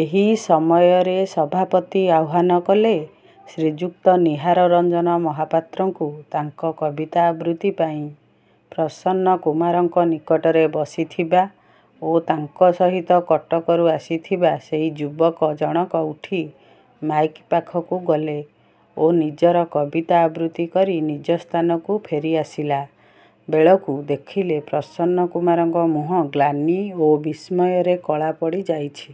ଏହି ସମୟରେ ସଭାପତି ଆହ୍ୱାନ କଲେ–ଶ୍ରୀଯୁକ୍ତ ନୀହାର ରଞ୍ଜନ ମହାପାତ୍ରଙ୍କୁ ତାଙ୍କ କବିତା ଆବୃତ୍ତି ପାଇଁ। ପ୍ରସନ୍ନ କୁମାରଙ୍କ ନିକଟରେ ବସିଥିବା ଓ ତାଙ୍କ ସହିତ କଟକରୁ ଆସିଥିବା ସେଇ ଯୁବକ ଜଣକ ଉଠି ମାଇକ୍ ପାଖକୁ ଗଲେ; ଓ ନିଜର କବିତା ଆବୃତ୍ତି କରି ନିଜ ସ୍ଥାନକୁ ଫେରି ଆସିଲା ବେଳକୁ ଦେଖିଲେ ପ୍ରସନ୍ନ କୁମାରଙ୍କ ମୁହଁ ଗ୍ଳାନି ଓ ବିସ୍ମୟରେ କଳା ପଡ଼ି ଯାଇଛି।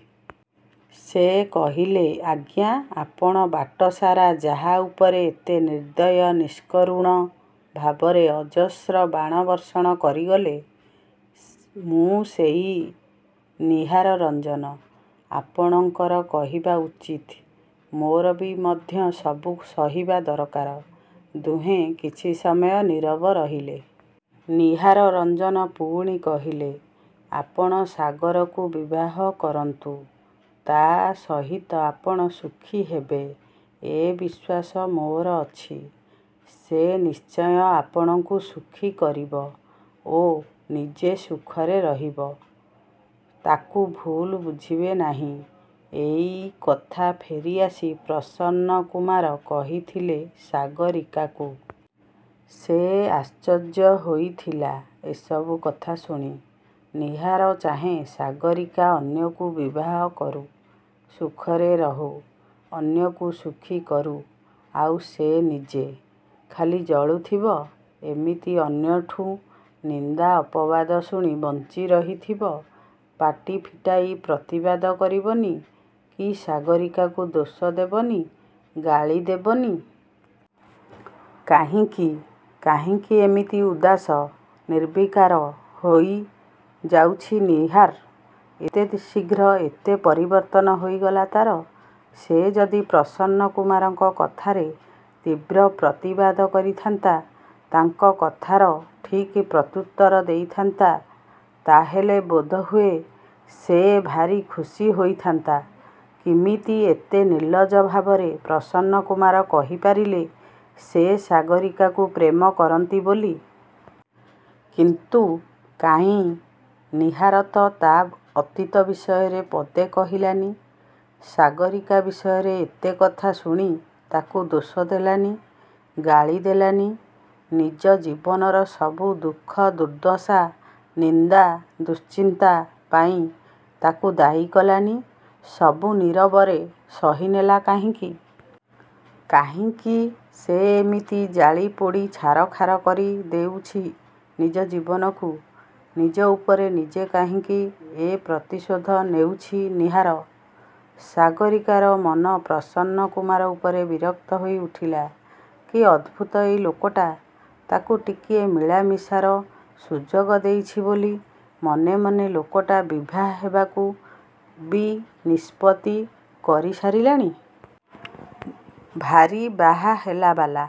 ସେ କହିଲେ– ''ଆଜ୍ଞା–ଆପଣ ବାଟ ସାରା ଯାହା ଉପରେ ଏତେ ନିର୍ବ୍ଦୟ ନିଷ୍କରୁଣ ଭାବରେ ଅଜସ୍ର ବାଣ ବର୍ଷଣ କରିଗଲେ ମୁଁ ସେଇ ନୀହାର ରଞ୍ଜନ। ଆପଣଙ୍କର କହିବା ଉଚିତ୍–ମୋର ବି ମଧ୍ୟ ସବୁ ସହିବା ଦରକାର। '' ଦୁହେଁ କିଛି ସମୟ ନୀରବ ରହିଲେ। ନୀହାର ରଞ୍ଜନ ପୁଣି କହିଲେ–''ଆପଣ ସାଗରକୁ ବିବାହ କରନ୍ତୁ। ତା' ସହିତ ଆପଣ ସୁଖୀ ହେବେ ଏ ବିଶ୍ୱାସ ମୋର ଅଛି। ସେ ନିଶ୍ଚୟ ଆପଣଙ୍କୁ ସୁଖୀ କରିବ ଓ ନିଜେ ସୁଖରେ ରହିବ। ତାକୁ ଭୁଲ୍ ବୁଝିବେ ନାହିଁ। '' ଏଇ କଥା ଫେରି ଆସି ପ୍ରସନ୍ନ କୁମାର କହିଥିଲେ ସାଗରୀକାକୁ। ସେ ଆଶ୍ଚର୍ଯ୍ୟ ହୋଇଥିଲା ଏସବୁ କଥା ଶୁଣି। ନିହାର ଚାହେଁ ସାଗରୀକା ଅନ୍ୟକୁ ବିବାହ କରୁ–ସୁଖରେ ରହୁ–ଅନ୍ୟକୁ ସୁଖୀ କରୁ। ଆଉ ସେ ନିଜେ? ଖାଲି ଜଳୁଥିବ। ଏମିତି ଅନ୍ୟଠୁଁ ନିନ୍ଦା ଅପବାଦ ଶୁଣି ବଞ୍ଚି ରହିଥିବ। ପାଟି ଫିଟାଇ ପ୍ରତିବାଦ କରିବନି–କି ସାଗରୀକାକୁ ଦୋଷ ଦେବନି–ଗାଳି ଦେବନି-। କାହିଁକି? କାହିଁକି ଏମିତି ଉଦାସ, ନିର୍ବିକାର ହୋଇଯାଉଛି ନୀହାର। ଏତେ ଶୀଘ୍ର ଏତେ ପରିବର୍ତ୍ତନ ହୋଇଗଲା ତା'ର? ସେ ଯଦି ପ୍ରସନ୍ନ କୁମାରଙ୍କ କଥାରେ ତୀବ୍ର ପ୍ରତିବାଦ କରିଥାନ୍ତା; ତାଙ୍କ କଥାର ଠିକ୍ ପ୍ରତ୍ୟୁତ୍ତର ଦେଇଥାନ୍ତା, ତା'ହେଲେ ବୋଧହୁଏ ସେ ଭାରି ଖୁସି ହୋଇଥାନ୍ତା-। କିମିତି ଏତେ ନିର୍ଲ୍ଲଜ ଭାବରେ ପ୍ରସନ୍ନ କୁମାର କହି ପାରିଲେ ସେ ସାଗରୀକାକୁ ପ୍ରେମ କରନ୍ତି ବୋଲି। କିନ୍ତୁ କାହିଁ ନୀହାର ତ ତା' ଅତୀତ ବିଷୟରେ ପଦେ କହିଲାନି। ସାଗରୀକା ବିଷୟରେ ଏତେ କଥା ଶୁଣି ତାକୁ ଦୋଷ ଦେଲାନି, ଗାଳି ଦେଲାନି, ନିଜ ଜୀବନର ସବୁ ଦୁଃଖ ଦୁର୍ବ୍ଦଶା, ନିନ୍ଦା, ଦୁଶ୍ଚିନ୍ତା ପାଇଁ ତାକୁ ଦାୟୀ କଲାନି। ସବୁ ନୀରବରେ ସହିନେଲା କାହିଁକି? କାହିଁକି ସେ ଏମିତି ଜାଳି ପୋଡ଼ି ଛାରଖାର କରି ଦେଉଛି ନିଜ ଜୀବନକୁ–ନିଜ ଉପରେ ନିଜେ କାହିଁକି ଏ ପ୍ରତିଶୋଧ ନେଉଛି ନୀହାର! ସାଗରୀକାର ମନ ପ୍ରସନ୍ନ କୁମାର ଉପରେ ବିରକ୍ତ ହୋଇ ଉଠିଲା। କି ଅଦ୍ଭୁତ ଏଇ ଲୋକଟା। ତାକୁ ଟିକିଏ ମିଳା ମିଶାର ସୁଯୋଗ ଦେଇଛି ବୋଲି, ମନେମନେ ଲୋକଟା ବିଭା ହେବାକୁ ବି ନିଷ୍ପତ୍ତି କରି ସାରିଲାଣି। ଭାରି ବାହା ହେଲାବାଲା।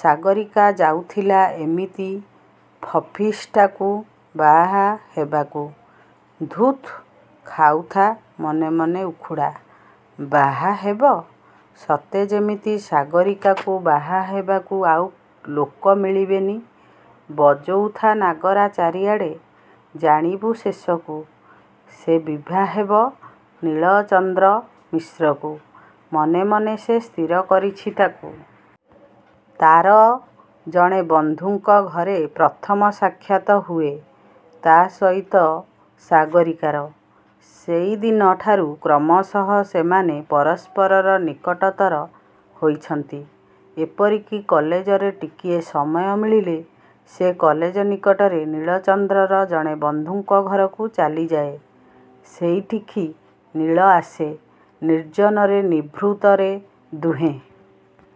ସାଗରୀକା ଯାଉଥିଲା ଏମିତି ଫଫିସ୍ଟାକୁ ବାହା ହେବାକୁ। ଧୁଃତ୍–ଖାଉଥା ମନେମନେ ଉଖୁଡ଼ା–ବାହା ହେବ? ସତେ ଯେମିତି ସାଗରୀକାକୁ ବାହା ହେବାକୁ ଆଉ ଲୋକ ମିଳିବେନି। ବଜଉଥା ନାଗରା ଚାରିଆଡ଼େ। ଜାଣିବୁ ଶେଷକୁ!! ସେ ବିଭା ହେବ ନୀଳଚନ୍ଦ୍ର ମିଶ୍ରକୁ। ମନେମନେ ସେ ସ୍ଥିର କରିଛି ତାକୁ। ତା'ର ଜଣେ ବନ୍ଧୁଙ୍କ ଘରେ ପ୍ରଥମ ସାକ୍ଷାତ ହୁଏ ତା' ସହିତ ସାଗରୀକାର। ସେଇ ଦିନ ଠାରୁ କ୍ରମଶଃ ସେମାନେ ପରସ୍ପରର ନିକଟତର ହୋଇଛନ୍ତି। ଏପରିକି କଲେଜରେ ଟିକିଏ ସମୟ ମିଳିଲେ ସେ କଲେଜ ନିକଟରେ ନୀଳଚନ୍ଦ୍ରର ଜଣେ ବନ୍ଧୁଙ୍କ ଘରକୁ ଚାଲିଯାଏ। ସେଇଠିକି ନୀଳ ଆସେ। ନିର୍ଜନରେ ନିଭୃତରେ ଦୁହେଁ